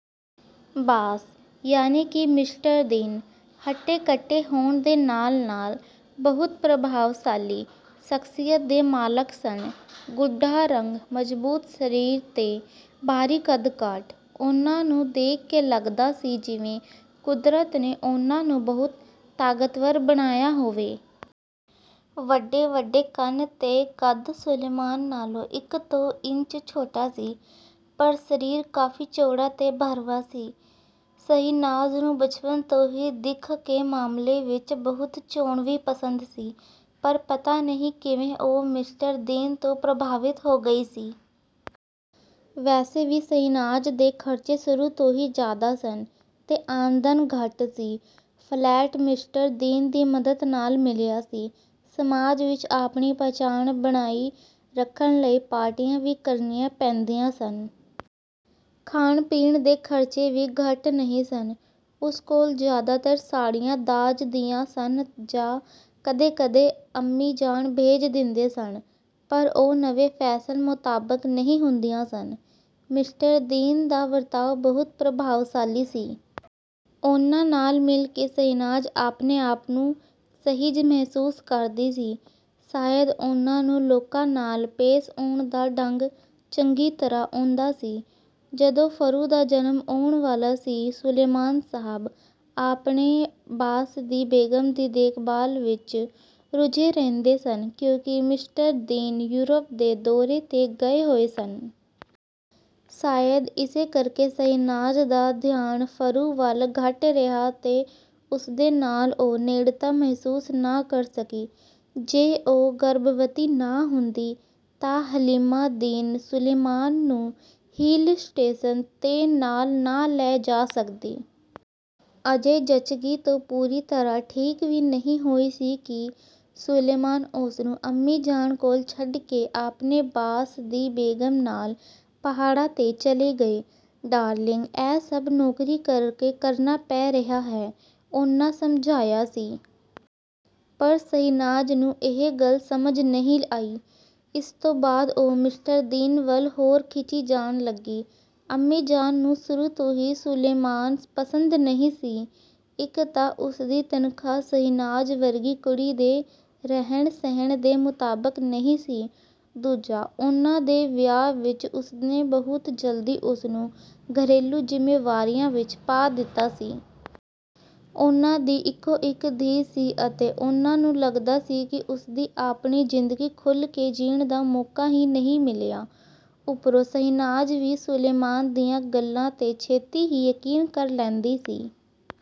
ਬਾਸ, ਯਾਨੀ ਕਿ ਮਿਸਟਰ ਦੀਨ, ਹੱਟੇ-ਕੱਟੇ ਹੋਣ ਦੇ ਨਾਲ-ਨਾਲ ਬਹੁਤ ਪ੍ਰਭਾਵਸ਼ਾਲੀ ਸ਼ਖ਼ਸੀਅਤ ਦੇ ਮਾਲਕ ਸਨ। ਗੂੜ੍ਹਾ ਰੰਗ, ਮਜ਼ਬੂਤ ਸਰੀਰ ਤੇ ਭਾਰੀ ਕੱਦ-ਕਾਠ। ਉਹਨਾਂ ਨੂੰ ਦੇਖ ਕੇ ਲੱਗਦਾ ਸੀ ਜਿਵੇਂ ਕੁਦਰਤ ਨੇ ਉਹਨਾਂ ਨੂੰ ਬਹੁਤ ਤਾਕਤਵਰ ਬਣਾਇਆ ਹੋਵੇ। ਵੱਡੇ-ਵੱਡੇ ਕੰਨ ਤੇ ਕੱਦ ਸੁਲੇਮਾਨ ਨਾਲੋਂ ਇੱਕ-ਦੋ ਇੰਚ ਛੋਟਾ ਸੀ, ਪਰ ਸਰੀਰ ਕਾਫ਼ੀ ਚੌੜਾ ਤੇ ਭਰਵਾਂ ਸੀ। ਸ਼ਹਿਨਾਜ਼ ਨੂੰ ਬਚਪਨ ਤੋਂ ਹੀ ਦਿੱਖ ਦੇ ਮਾਮਲੇ ਵਿੱਚ ਬਹੁਤ ਚੋਣਵੀਂ ਪਸੰਦ ਸੀ, ਪਰ ਪਤਾ ਨਹੀਂ ਕਿਵੇਂ ਉਹ ਮਿਸਟਰ ਦੀਨ ਤੋਂ ਪ੍ਰਭਾਵਿਤ ਹੋ ਗਈ ਸੀ। ਵੈਸੇ ਵੀ ਸ਼ਹਿਨਾਜ਼ ਦੇ ਖਰਚੇ ਸ਼ੁਰੂ ਤੋਂ ਹੀ ਜ਼ਿਆਦਾ ਸਨ ਤੇ ਆਮਦਨ ਘੱਟ ਸੀ। ਫ਼ਲੈਟ ਮਿਸਟਰ ਦੀਨ ਦੀ ਮਦਦ ਨਾਲ ਮਿਲਿਆ ਸੀ। ਸਮਾਜ ਵਿੱਚ ਆਪਣੀ ਪਛਾਣ ਬਣਾਈ ਰੱਖਣ ਲਈ ਪਾਰਟੀਆਂ ਵੀ ਕਰਣੀਆਂ ਪੈਂਦੀਆਂ ਸਨ। ਖਾਣ-ਪੀਣ ਦੇ ਖਰਚੇ ਵੀ ਘੱਟ ਨਹੀਂ ਸਨ। ਉਸ ਕੋਲ ਜ਼ਿਆਦਾਤਰ ਸਾੜੀਆਂ ਦਾਜ਼ ਦੀਆਂ ਸਨ ਜਾਂ ਕਦੇ-ਕਦੇ ਅੰਮੀ ਜਾਨ ਭੇਜ ਦਿੰਦੇ ਸਨ, ਪਰ ਉਹ ਨਵੇਂ ਫੈਸ਼ਨ ਮੁਤਾਬਕ ਨਹੀਂ ਹੁੰਦੀਆਂ ਸਨ। ਮਿਸਟਰ ਦੀਨ ਦਾ ਵਰਤਾਓ ਬਹੁਤ ਪ੍ਰਭਾਵਸ਼ਾਲੀ ਸੀ। ਉਹਨਾਂ ਨਾਲ ਮਿਲ ਕੇ ਸ਼ਹਿਨਾਜ਼ ਆਪਣੇ ਆਪ ਨੂੰ ਸਹਿਜ ਮਹਿਸੂਸ ਕਰਦੀ ਸੀ। ਸ਼ਾਇਦ ਉਹਨਾਂ ਨੂੰ ਲੋਕਾਂ ਨਾਲ ਪੇਸ਼ ਆਉਣ ਦਾ ਢੰਗ ਚੰਗੀ ਤਰ੍ਹਾਂ ਆਉਂਦਾ ਸੀ। ਜਦੋਂ ਫ਼ਰੂ ਦਾ ਜਨਮ ਹੋਣ ਵਾਲਾ ਸੀ, ਸੁਲੇਮਾਨ ਸਾਹਬ ਆਪਣੇ ਬਾਸ ਦੀ ਬੇਗ਼ਮ ਦੀ ਦੇਖਭਾਲ ਵਿੱਚ ਰੁੱਝੇ ਰਹਿੰਦੇ ਸਨ, ਕਿਉਂਕਿ ਮਿਸਟਰ ਦੀਨ ਯੂਰਪ ਦੇ ਦੌਰੇ 'ਤੇ ਗਏ ਹੋਏ ਸਨ। ਸ਼ਾਇਦ ਇਸੇ ਕਰਕੇ ਸ਼ਹਿਨਾਜ਼ ਦਾ ਧਿਆਨ ਫ਼ਰੂ ਵੱਲ ਘੱਟ ਰਿਹਾ ਤੇ ਉਸਦੇ ਨਾਲ ਉਹ ਨੇੜਤਾ ਮਹਿਸੂਸ ਨਾ ਕਰ ਸਕੀ। ਜੇ ਉਹ ਗਰਭਵਤੀ ਨਾ ਹੁੰਦੀ, ਤਾਂ ਹਲੀਮਾ ਦੀਨ ਸੁਲੇਮਾਨ ਨੂੰ ਹਿੱਲ ਸਟੇਸ਼ਨ 'ਤੇ ਨਾਲ ਨਾ ਲੈ ਜਾ ਸਕਦੀ। ਅਜੇ ਜੱਚਗੀ ਤੋਂ ਪੂਰੀ ਤਰ੍ਹਾਂ ਠੀਕ ਵੀ ਨਹੀਂ ਹੋਈ ਸੀ ਕਿ ਸੁਲੇਮਾਨ ਉਸਨੂੰ ਅੰਮੀ ਜਾਨ ਕੋਲ ਛੱਡ ਕੇ ਆਪਣੇ ਬਾਸ ਦੀ ਬੇਗ਼ਮ ਨਾਲ ਪਹਾੜਾਂ 'ਤੇ ਚਲੇ ਗਏ। "ਡਾਰਲਿੰਗ, ਇਹ ਸਭ ਨੌਕਰੀ ਕਰਕੇ ਕਰਨਾ ਪੈ ਰਿਹਾ ਹੈ," ਉਹਨਾਂ ਸਮਝਾਇਆ ਸੀ। ਪਰ ਸ਼ਹਿਨਾਜ਼ ਨੂੰ ਇਹ ਗੱਲ ਸਮਝ ਨਹੀਂ ਆਈ। ਇਸ ਤੋਂ ਬਾਅਦ ਉਹ ਮਿਸਟਰ ਦੀਨ ਵੱਲ ਹੋਰ ਖਿੱਚੀ ਜਾਣ ਲੱਗੀ। ਅੰਮੀ ਜਾਨ ਨੂੰ ਸ਼ੁਰੂ ਤੋਂ ਹੀ ਸੁਲੇਮਾਨ ਪਸੰਦ ਨਹੀਂ ਸੀ। ਇੱਕ ਤਾਂ ਉਸਦੀ ਤਨਖ਼ਾਹ ਸ਼ਹਿਨਾਜ਼ ਵਰਗੀ ਕੁੜੀ ਦੇ ਰਹਿਣ-ਸਹਿਣ ਦੇ ਮੁਤਾਬਕ ਨਹੀਂ ਸੀ, ਦੂਜਾ ਉਹਨਾਂ ਦੇ ਵਿਚਾਰ ਵਿੱਚ ਉਸਨੇ ਬਹੁਤ ਜਲਦੀ ਉਸਨੂੰ ਘਰੇਲੂ ਜ਼ਿੰਮੇਵਾਰੀਆਂ ਵਿੱਚ ਪਾ ਦਿੱਤਾ ਸੀ। ਉਹਨਾਂ ਦੀ ਇਕੋ-ਇੱਕ ਧੀ ਸੀ ਅਤੇ ਉਹਨਾਂ ਨੂੰ ਲੱਗਦਾ ਸੀ ਕਿ ਉਸਨੂੰ ਆਪਣੀ ਜ਼ਿੰਦਗੀ ਖੁੱਲ੍ਹ ਕੇ ਜੀਣ ਦਾ ਮੌਕਾ ਹੀ ਨਹੀਂ ਮਿਲਿਆ। ਉੱਪਰੋਂ ਸ਼ਹਿਨਾਜ਼ ਵੀ ਸੁਲੇਮਾਨ ਦੀਆਂ ਗੱਲਾਂ 'ਤੇ ਛੇਤੀ ਹੀ ਯਕੀਨ ਕਰ ਲੈਂਦੀ ਸੀ।